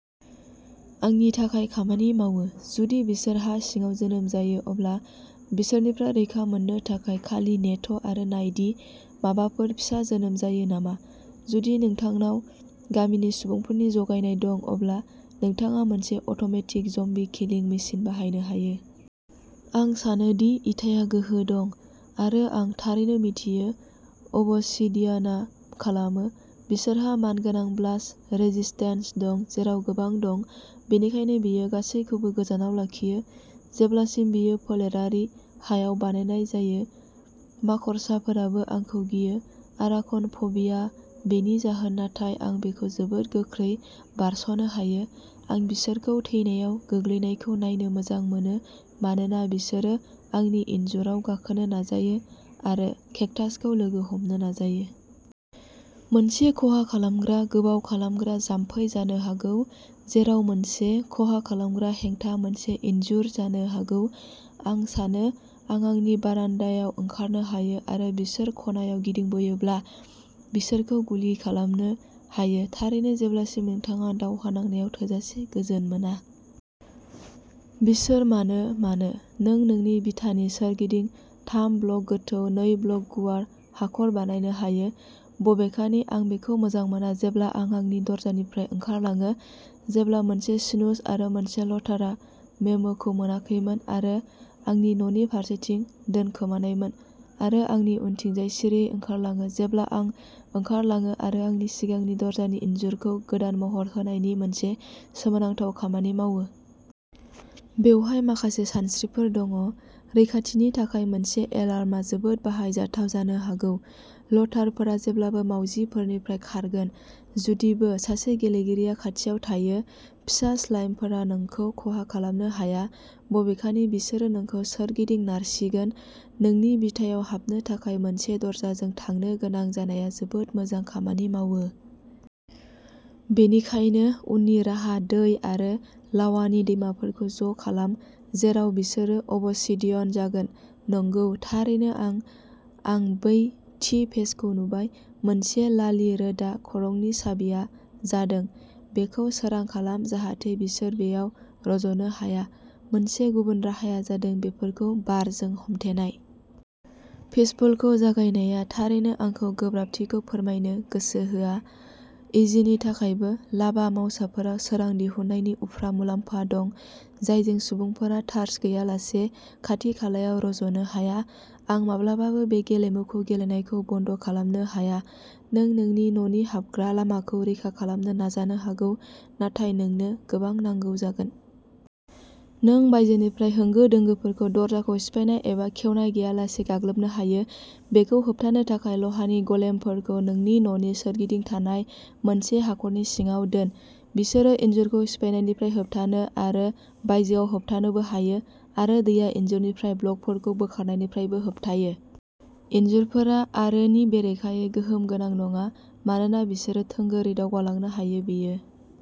आंनि थाखाय खामानि मावो। जुदि बिसोर हा सिङाव जोनोम जायो अब्ला बिसोरनिफ्राय रैखा मोननो थाखाय, खालि नेथ'आरो नाय दि माबाफोर फिसा जोनोम जायो नामा। जुदि नोंथांनाव गामिनि सुबुंफोरनि जगायनाय दं, अब्ला नोंथाङा मोनसे अट'मेटिक ज'म्बी किलिंग मेसिन बानायनो हायो। आं सानो दि इटाया गोहो दं, आरो आं थारैनो मिथियो अबसिडियानआ खालामो। बिसोरहा मानगोनां ब्लास्ट रेजिस्टेन्स दं, जेराव गोबां दं। बेनिखायनो, बेयो गासैबोखौ गोजानाव लाखियो, जेब्लासिम बेयो फोलेरारि हायाव बानायनाय जायो। माकड़साफोराबो आंखौ गियो, आराकन'फबिया बेनि जाहोन नाथाय आं बेखौ जोबोद गोख्रै बारस'नो हायो, आं बिसोरखौ थैनायाव गोग्लैनायखौ नायनो मोजां मोनो मानोना बिसोरो आंनि इनजुराव गाखोनो नाजायो आरो केक्टासखौ लोगो हमनो नाजायो। मोनसे खहा खालामग्रा गोबाव खालामग्रा जामफै जानो हागौ; जेराव मोनसे खहा खालामग्रा हेंथा मोनसे इनजुर जानो हागौ। आं सानो आं आंनि बारान्दायाव ओंखारनो हायो आरो बिसोर खनायाव गिदिंबोयोब्ला बिसोरखौ गुलि खालामनो हायो। थारैनो, जेब्लासिम नोंथाङा दावहा नांनायाव थोजासे गोजोन मोना। बिसोर मानो मानो, नों नोंनि बिथानि सोरगिदिं थाम-ब्लक गोथौ, नै-ब्लक गुवार हाखर बानायनो हायो। बबेखानि, आं बेखौ मोजां मोना जेब्ला आं आंनि दरजानिफ्राय ओंखारलायो जेब्ला मोनसे स्नुज आरो मोनसे लतारआ मेमोखौ मोनाखैमोन आरो आंनि न'नि फारसेथिं दोनखोमानायमोन आरो आंनि उनथिंजाय सिरियै ओंखारलाङो जेब्ला आं ओंखारलायो आरो आंनि सिगांनि दरजानि इनजुरखौ गोदान महर होनायनि मोनसे सोमोनांथाव खामानि मावो। बेवहाय माखासे सानस्रिफोर दङः रैखाथिनि थाखाय मोनसे एलार्मआ जोबोद बाहायजाथाव जानो हागौ। लतारफोरा जेब्लाबो मावजिफोरनिफ्राय खारगोन, जुदिबो सासे गेलेगिरिया खाथियाव थायो। फिसा स्लाइमफोरा नोंखौ खहा खालामनो हाया, बबेखानि बिसोरो नोंखौ सोरगिदिं नारसिगोन। नोंनि बिथायाव हाबनो थाखाय मोनसे दरजाजों थांनो गोनां जानाया जोबोद मोजां खामानि मावो। बेनिखायनो, उननि राहाः-दै आरो लावानि दैमाफोरखौ ज'खालाम, जेराव बिसोरो अबसिडियन जागोन। नंगौ, थारैनो, आं आं बै थि पेजखौ नुबाय। मोनसे लालि-रोदा खरंनि साबिआ जादोंः बेखौ सोरां खालाम जाहाथे बिसोर बेयाव रज'नो हाया। मोनसे गुबुन राहाया जादों बेफोरखौ बारजों हमथेनाय। पिसफुलखौ जागायनाया थारैनो आंखौ गोब्राबथिखौ फोरमायनो गोसो होआ, इजिनि थाखायबो। लाभा-मावसाफोरा सोरां दिहुननायनि उफ्रा मुलाम्फा दं, जायजों सुबुंफोरा टार्च गैयालासे खाथि-खालायाव रज'नो हाया। आं माब्लाबाबो बे गेलेमुखौ गेलेनायखौ बन्द खालामनो हाया! नों नोंनि न'नि हाबग्रा लामाखौ रैखा खालामनो नाजानो हागौ, नाथाय नोंनो गोबां नांगौ जागोन। नों बायजोनिफ्राय होंगो दोंगोफोरखौ दरजाखौ सिफायनाय एबा खेवनाय गैयालासे गाग्लोबनो हायो। बेखौ होबथानो थाखाय, लहानि ग'लेमफोरखौ नोंनि न'नि सोरगिदिं थानाय मोनसे हाखरनि सिङाव दोन। बिसोरो इनजुरखौ सिफायनायनिफ्राय होबथानो आरो बायजोआव होबथानोबो हायो, आरो दैया इनजुरनिफ्राय ब्लकफोरखौ बोखारनायनिफ्रायबो होबथायो। इनजुरफोरा आरोनि बेरेखायै गोहोम गोनां नङा, मानोना बिसोरो थोंगोरै दावगालांनो हायो। बेयो